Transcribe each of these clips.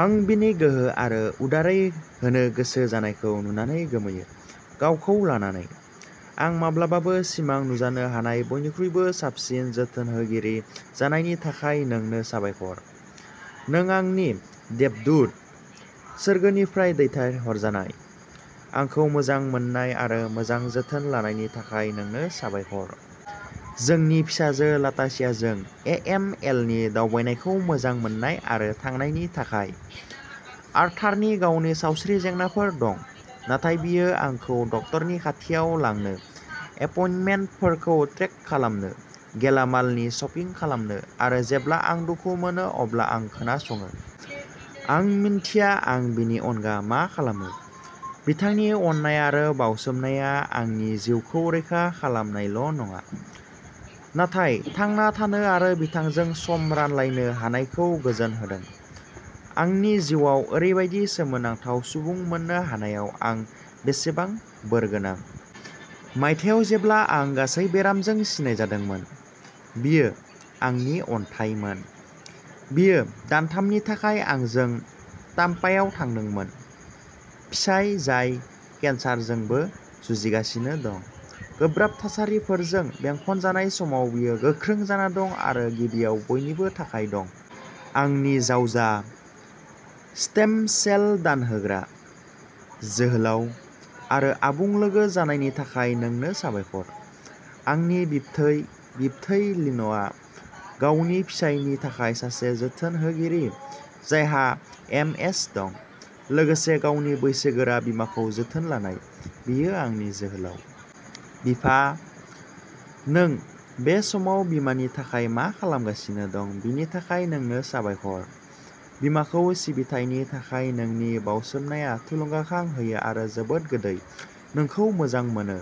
आं बिनि गोहो आरो उदारै होनो गोसो जानायखौ नुनानै गोमोयो। गावखौ लानानै। आं माब्लाबाबो सिमां नुजानो हानाय बयनिख्रुइबो साबसिन जोथोनहोगिरि जानायनि थाखाय नोंनो साबायखर। नों आंनि देबदूत, सोरगोनिफ्राय दैथायहरजानाय। आंखौ मोजां मोन्नाय आरो मोजां जोथोन लानायनि थाखाय नोंनो साबायखर। जोंनि फिसाजो लाटाशियाजों एएमएलनि दावबायनायखौ मोजां मोन्नाय आरो थांनायनि थाखाय। आर्थारनि गावनि सावस्रि जेंनाफोर दं, नाथाय बियो आंखौ डक्टरनि खाथियाव लांनो, एपइन्टमेन्टफोरखौ ट्रेक खालामनो, गेलामालनि शपिं खालामनो आरो जेब्ला आं दुखु मोनो अब्ला आं खोनासङो। आं मिन्थिया आं बिनि अनगा मा खालामो। बिथांनि अननाय आरो बाउसोमनाया आंनि जिउखौ रैखा खालामाल'नङा, नाथाय थांना थानो आरो बिथांजों सम रानलायनो हानायखौ गोजोन होदों। आंनि जिउआव ओरैबायदि सोमोनांथाव सुबुं मोन्नो हानायाव आं बेसेबां बोरगोनां। मायथाइयाव जेब्ला आं गासै बेरामजों सिनायजादोंमोन, बियो "आंनि अन्थाइ" मोन। बियो दानथामनि थाखाय आंजों ताम्पायाव थांदोंमोन। फिसाय जाय केन्सारजोंबो जुजिगासिनो दं। गोब्राब थासारिफोरजों बेंखनजानाय समाव बियो गोख्रों जाना दं आरो गिबियाव बयनिबो थाखाय दं! आंनि जावजा, स्टेम सेल दानहोग्रा, जोहोलाव, आरो आबुं लोगो जानायनि थाखाय नोंनो साबायखर। आंनि बिबथै बिबथै लिनआ गावनि फिसायनि थाखाय सासे जोथोनहोगिरि, जायहा एमएस दं, लोगोसे गावनि बैसोगोरा बिमाखौ जोथोन लानाय। बियो आंनि जोहोलाव! बिफा-नों बे समाव बिमानि थाखाय मा खालामगासिनो दं बिनि थाखाय नोंनो साबायखर! बिमाखौ सिबिथायनि थाखाय नोंनि बाउसोमनाया थुलुंगाखां होयो आरो जोबोद गोदै। नोंखौ मोजां मोनो!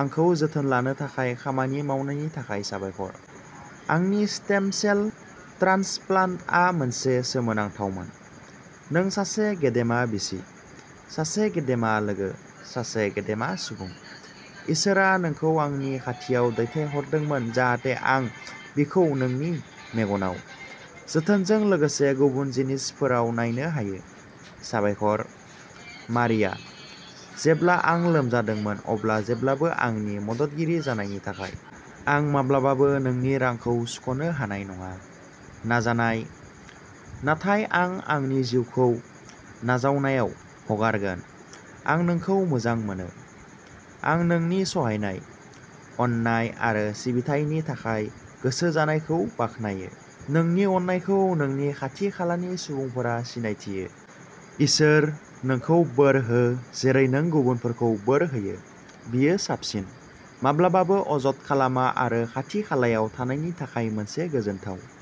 आंखौ जोथोन लानो थाखाय खामानि मावनायनि थाखाय साबायखर! आंनि स्टेम सेल ट्रान्सप्लान्टआ मोनसे सोमोनांथावमोन। नों सासे गेदेमा बिसि, सासे गेदेमा लोगो, सासे गेदेमा सुबुं। इसोरआ नोंखौ आंनि खाथियाव दैथायहरदोंमोन जाहाथे आं बिखौ नोंनि मेगनाव, जोथोनजों लोगोसे गुबुन जिनिसफोराव नायनो हायो। साबायखर, मारिया, जेब्ला आं लोमजादोंमोन अब्ला जेब्लाबो आंनि मददगिरि जानायनि थाखाय। आं माब्लाबाबो नोंनि रांखौ सुख'नो हानाय नङा। नाजानाय, नाथाय आं आंनि जिउखौ नाजावनायाव हगारगोन। आं नोंखौ मोजां मोनो!! आं नोंनि सहायनाय, अननाय आरो सिबिथायनि थाखाय गोसो जानायखौ बाख्नायो। नोंनि अननायखौ नोंनि खाथि-खालानि सुबुंफोरा सिनायथियो। इसोर नोंखौ बोर हो जेरै नों गुबुनफोरखौ बोर होयो। बियो साबसिन। माब्लाबाबो अजद खालामा आरो खाथि-खालायाव थानायनि थाखाय मोनसे गोजोनथाव।